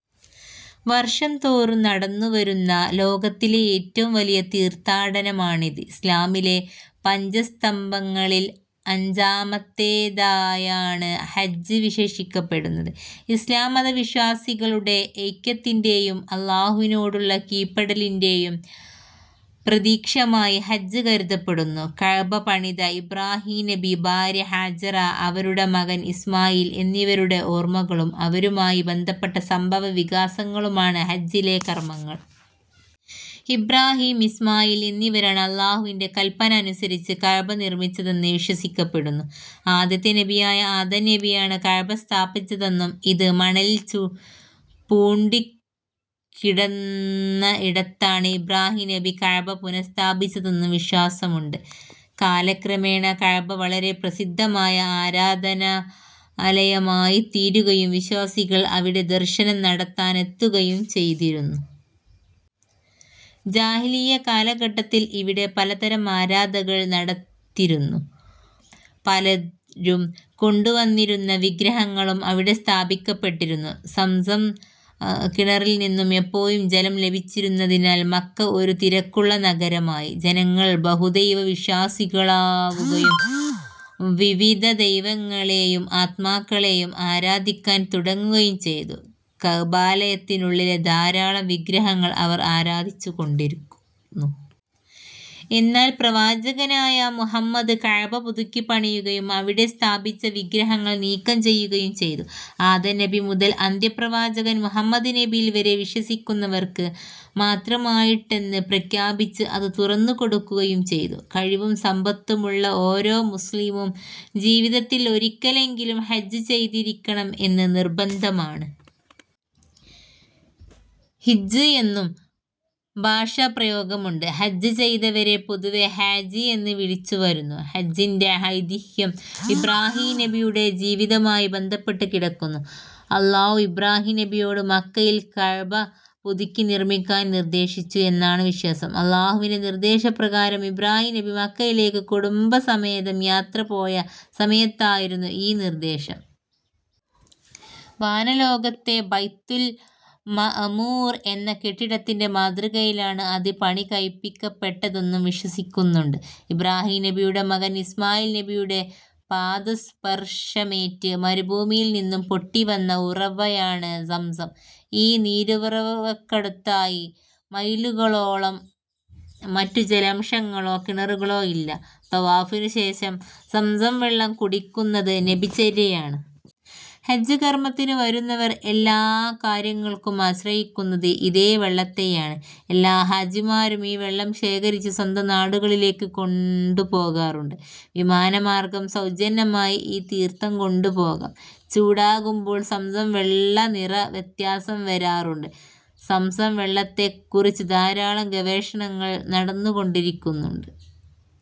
വർഷംതോറും നടന്നു വരുന്ന ലോകത്തിലെ ഏറ്റവും വലിയ തീർഥാടനമാണിത്. ഇസ്ലാമിലെ പഞ്ചസ്തംഭങ്ങളിൽ അഞ്ചാമത്തെതായാണ് ഹജ്ജ് വിശേഷിപ്പിക്കപ്പെടുന്നത്.. ഇസ്ലാം മതവിശ്വാസികളുടെ ഐക്യത്തിന്റെയും അള്ളാഹുവിനുള്ള കീഴ്പ്പെടലിന്റെയും പ്രതീക്ഷമായി ഹജ്ജ് കരുതപ്പെടുന്നു. കഅബ പണിത ഇബ്രാഹിം നബി, ഭാര്യ ഹാജറ, അവരുടെ മകൻ ഇസ്മാഇൽ എന്നിവരുടെ ഓർമകളും അവരുമായി ബന്ധപ്പെട്ട സംഭവ വികാസങ്ങളുമാണ് ഹജ്ജിലെ കർമ്മങ്ങൾ. …കൂടുതൽ കാണുക ഇബ്രാഹിം, ഇസ്മായിൽ എന്നിവരാണ് അള്ളാഹുവിന്റെ കല്പന അനുസരിച്ച് കഅബ നിർമ്മിച്ചത് എന്ന് വിശ്വസിക്കപ്പെടുന്നു. ആദ്യത്തെ നബിയായ ആദം നബിയാണ് കഅബ സ്ഥാപിച്ചതെന്നും, ഇത് മണലിൽ പൂണ്ടുകിടന്നയിടത്താണ് ഇബ്രാഹിം നബി കഅബ പുനഃസ്ഥാപിച്ചതെന്നും വിശ്വാസമുണ്ട്. കാലക്രമേണ കഅബ വളരെ പ്രസിദ്ധമായ ആരാധനാലയമായിത്തീരുകയും വിശ്വാസികൾ അവിടെ ദർശനം നടത്താനെത്തുകയും ചെയ്തിരുന്നു. ജാഹിലിയ്യ കാലഘട്ടത്തിൽ ഇവിടെ പലതരം ആരാധനകൾ നടന്നിരുന്നു. പലരും കൊണ്ടുവന്നിരുന്ന വിഗ്രഹങ്ങളും അവിടെ സ്ഥാപിക്കപ്പെട്ടിരുന്നു. സംസം കിണറിൽ നിന്നും എപ്പോഴും ജലം ലഭിച്ചിരുന്നതിനാൽ മക്ക ഒരു തിരക്കുള്ള നഗരമായി. ജനങ്ങൾ ബഹുദൈവ വിശ്വാസികളാവുകയും വിവിധ ദൈവങ്ങളെയും ആത്മാക്കളെയും ആരാധിക്കാൻ തുടങ്ങുകയും ചെയ്തു. കഅബാലയത്തിനുള്ളിലെ ധാരാളം വിഗ്രഹങ്ങൾ അവർ ആരാധിച്ചുകൊണ്ടിരിന്നു. എന്നാൽ പ്രവാചകനായ മുഹമ്മദ് കഅബ പുതുക്കിപ്പണിയുകയും അവിടെ സ്ഥാപിച്ച വിഗ്രഹങ്ങൾ നീക്കം ചെയ്യുകയും ചെയ്തു. ആദം നബി മുതൽ അന്ത്യ പ്രവാചകൻ മുഹമ്മദ് നബിയിൽ വരെ വിശ്വസിക്കുന്നവർക്ക് മാത്രമായിട്ടെന്ന് പ്രഖ്യാപിച്ച് അത് തുറന്നുകൊടുക്കുകയും ചെയ്തു. കഴിവും സമ്പത്തുമുള്ള ഓരോ മുസ്ലീമും ജീവിതത്തിൽ ഒരിക്കലെങ്കിലും ഹജ്ജ് ചെയ്തിരിക്കണം എന്ന് നിർബന്ധമാണ്. ഹിജ്ജ് എന്നും ഭാഷാപ്രയോഗമുണ്ട്. ഹജ്ജ് ചെയ്തവരെ പൊതുവെ ഹാജി എന്ന് വിളിച്ച് വരുന്നു.. ഹജ്ജിന്റെ ഐതിഹ്യം ഇബ്രാഹീം നബിയുടെ ജീവിതവുമായി ബന്ധപ്പെട്ടു കിടക്കുന്നു. അല്ലാഹു ഇബ്രാഹീം നബിയോട് മക്കയിൽ കഅ്ബ പുതുക്കി നിർമ്മിക്കാൻ നിർദ്ദേശിച്ചു എന്നാണ് വിശ്വാസം. അല്ലാഹുവിന്റെ നിർദ്ദേശപ്രകാരം ഇബ്രാഹീം നബി മക്കയിലേക്ക് കുടുംബസമേതം യാത്ര പോയ സമയത്തായിരുന്നു ഈ നിർദ്ദേശം. വാനലോകത്തെ ബൈത്തുൽ മഅമൂർ എന്ന കെട്ടിടത്തിന്റെ മാതൃകയിലാണ് അത് പണികഴിപ്പിക്കപ്പെട്ടതെന്നും വിശ്വസിക്കുന്നുണ്ട്.. ഇബ്രാഹിം നബിയുടെ മകൻ ഇസ്മായിൽ നബിയുടെ പാദസ്പർശമേറ്റ് മരുഭൂമിയിൽ നിന്നും പൊട്ടി വന്ന ഉറവയാണ് സംസം. ഈ നീരുറവക്കടുത്തായി മൈലുകളോളം മറ്റു ജലാശയങ്ങളോ കിണറുകളോ ഇല്ല. ത്വവാഫിനു ശേഷം സംസം വെള്ളം കുടിക്കുന്നത് നബിചര്യയാണ്. ഹജ്ജ് കർമ്മത്തിനു വരുന്നവർ എല്ലാ കാര്യങ്ങൾക്കും ആശ്രയിക്കുന്നത് ഇതേ വെള്ളത്തെയാണ്. എല്ലാ ഹാജിമാരും ഈ വെള്ളം ശേഖരിച്ച് സ്വന്തം നാടുകളിലേക്ക് കൊണ്ടു പോകാറുണ്ട്. വിമാന മാർഗ്ഗം സൗജന്യമായി ഈ തീർഥം കൊണ്ടു പോകാം. ചൂടാക്കുമ്പോൾ സംസം വെള്ളം നിറ വ്യത്യാസം വരാറുണ്ട്. സംസം വെള്ളത്തെ കുറിച്ച് ധാരാളം ഗവേഷണങ്ങൾ നടന്നുകൊണ്ടിരിക്കുന്നുണ്ട്.